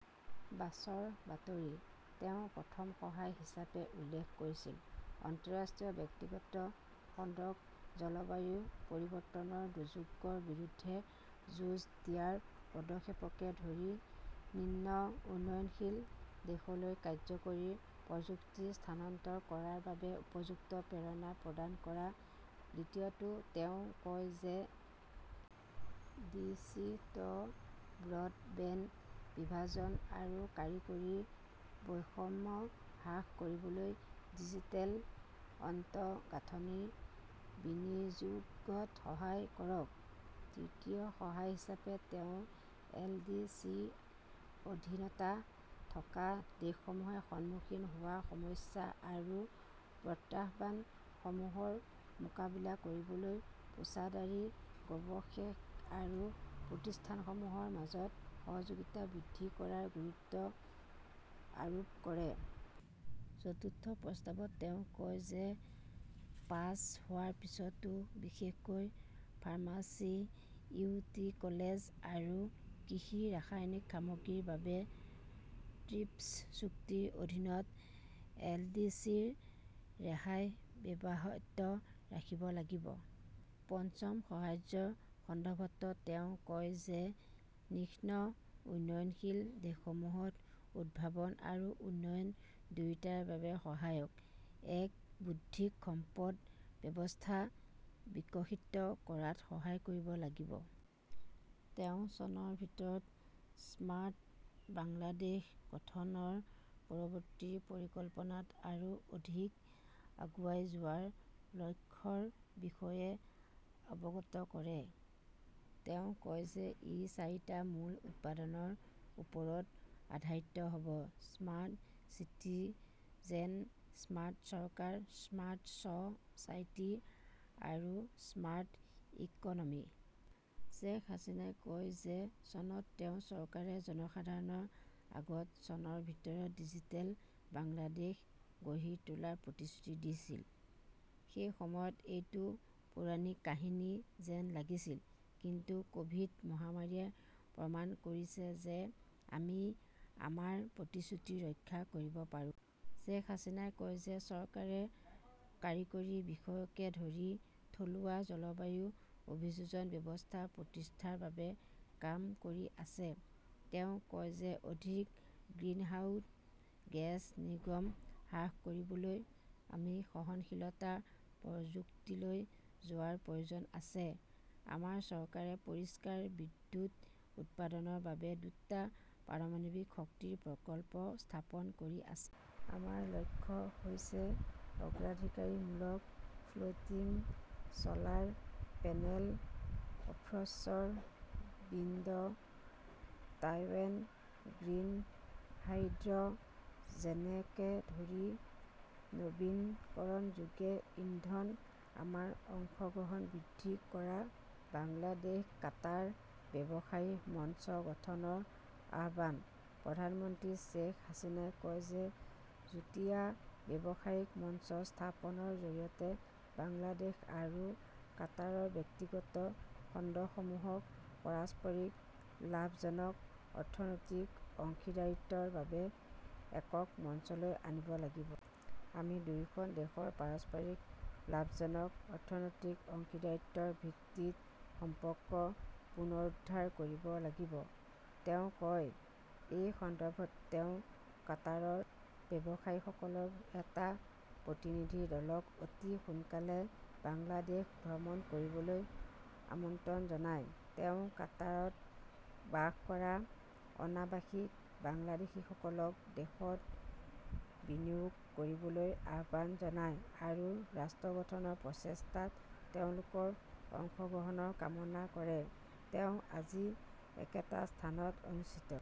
বাছৰ বাতৰি। তেওঁ প্ৰথম সহায় হিচাপে উল্লেখ কৰিছিল, আন্তঃৰাষ্ট্ৰীয় ব্যক্তিগত খণ্ডক জলবায়ু পৰিৱৰ্তনৰ দুৰ্যোগৰ বিৰুদ্ধে যুঁজ দিয়াৰ পদক্ষেপকে ধৰি নিম্ন উন্নয়নশীল দেশলৈ কাৰ্য্যকৰী প্ৰযুক্তি স্থানান্তৰ কৰাৰ বাবে উপযুক্ত প্ৰেৰণা প্ৰদান কৰা। দ্বিতীয়টোত তেওঁ কয় যে এল. ডি. চি. -ত ব্ৰডবেণ্ড বিভাজন আৰু কাৰিকৰী বৈষম্য হ্ৰাস কৰিবলৈ ডিজিটেল আন্তঃগাঁথনিৰ বিনিয়োগত সহায় কৰক। তৃতীয় সহায় হিচাপে তেওঁ এল. ডি. চি. -ৰ অধীনত থকা দেশসমূহে সন্মুখীন হোৱা সমস্যা আৰু প্ৰত্যাহ্বানসমূহৰ মোকাবিলা কৰিবলৈ পেছাদাৰী গৱেষক আৰু প্ৰতিষ্ঠানসমূহৰ মাজত সহযোগিতা বৃদ্ধি কৰাৰ ওপৰত গুৰুত্ব আৰোপ কৰে। চতুৰ্থ প্ৰস্তাৱত তেওঁ কয় যে পাছ হোৱাৰ পিছতো বিশেষকৈ ফাৰ্মাচিউটিকেলছ আৰু কৃষি-ৰাসায়নিক সামগ্ৰীৰ বাবে ট্ৰিপছ চুক্তিৰ অধীনত এলডিচিৰ ৰেহাই অব্যাহত ৰাখিব লাগিব। পঞ্চম সাহায্যৰ সন্দৰ্ভত তেওঁ কয় যে নিম্ন উন্নয়নশীল দেশসমূহত উদ্ভাৱন আৰু উন্নয়ন দুয়োটাৰে বাবে সহায়ক এক বৌদ্ধিক সম্পদ ব্যৱস্থা বিকশিত কৰাত সহায় কৰিব লাগিব। তেওঁ চনৰ ভিতৰত 'স্মাৰ্ট বাংলাদেশ "গঠনৰ পৰৱৰ্তী পৰিকল্পনাত আৰু অধিক আগুৱাই যোৱাৰ লক্ষ্যৰ বিষয়ে অৱগত কৰে। তেওঁ কয় যে ই চাৰিটা মূল উপাদানৰ ওপৰত আধাৰিত হ "ব-স্মাৰ্ট চিটিজেন, স্মাৰ্ট চৰকাৰ, স্মাৰ্ট ছ" চাইটি আৰু স্মাৰ্ট ইকনমি। শ্বেখ হাছিনাই কয় যে চনত তেওঁৰ চৰকাৰে জনসাধাৰণৰ আগত চনৰ ভিতৰত 'ডিজিটেল বাংলাদেশ "গঢ়ি তোলাৰ প্ৰতিশ্ৰুতি দিছিল। সেই সময়ত এইটো এটা 'পৌৰাণিক কাহিনী "যেন লাগিছিল। কিন্তু ক "ভিড- মহামাৰীয়ে প্ৰমাণ কৰিছে যে আমি আমাৰ প্ৰতিশ্ৰুতি ৰক্ষা কৰিব পাৰোঁ। শ্বেখ হাছিনাই কয় যে চৰকাৰে কাৰিকৰী বিষয়কে ধৰি থলুৱা জলবায়ু অভিযোজন ব্যৱস্থা প্ৰতিষ্ঠাৰ বাবে কাম কৰি আছে। তেওঁ কয় যে অধিক গ্ৰীণহাউছ গেছ নিৰ্গমন হ্ৰাস কৰিবলৈ আমি সহনশীলতা প্ৰযুক্তিলৈ যোৱাৰো প্ৰয়োজন আছে। আমাৰ চৰকাৰে পৰিষ্কাৰ বিদ্যুৎ উৎপাদনৰ বাবে দুটা পাৰমাণৱিক শক্তি প্ৰকল্প স্থাপন কৰি আছে। আমাৰ লক্ষ্য হৈছে অগ্ৰাধিকাৰমূলক floating "solar panel, offshore wind turbine, green হাইড্ৰ "জেনকে ধৰি নৱীকৰণযোগ্য ইন্ধনত আমাৰ অংশগ্ৰহণ বৃদ্ধি কৰা। বাংলাদেশ-কাটাৰ ব্যৱসায়ী মঞ্চ গঠনৰ আহ্বানঃ প্ৰধানমন্ত্ৰী শ্বেখ হাছিনাই কয় যে যুটীয়া ব্যৱসায়িক মঞ্চ স্থাপনৰ জৰিয়তে বাংলাদেশ আৰু কাটাৰৰ ব্যক্তিগত খণ্ডসমূহক পাৰস্পৰিক লাভজনক অৰ্থনৈতিক অংশীদাৰিত্বৰ বাবে একক মঞ্চলৈ আনিব লাগিব। "আমি দুয়োখন দেশৰ পাৰস্পৰিক লাভজনক অৰ্থনৈতিক অংশীদাৰিত্বৰ ভিত্তিত সম্পৰ্ক পুনৰুদ্ধাৰ কৰিব লাগিব", তেওঁ কয়। এই সন্দৰ্ভত তেওঁ কাটাৰৰ ব্যৱসায়ীসকলৰ এটা প্ৰতিনিধি দলক অতি সোনকালেই বাংলাদেশ ভ্ৰমণ কৰিবলৈ আমন্ত্ৰণ জনায়। তেওঁ কাটাৰত বাস কৰা অনাবাসিক বাংলাদেশীসকলক দেশত বিনিয়োগ কৰিবলৈ আহ্বান জনায় আৰু ৰাষ্ট্ৰ গঠনৰ প্ৰচেষ্টাত তেওঁলোকৰ অংশগ্ৰহণৰ কামনা কৰে। তেওঁ আজি একেটা স্থানত অনুষ্ঠিত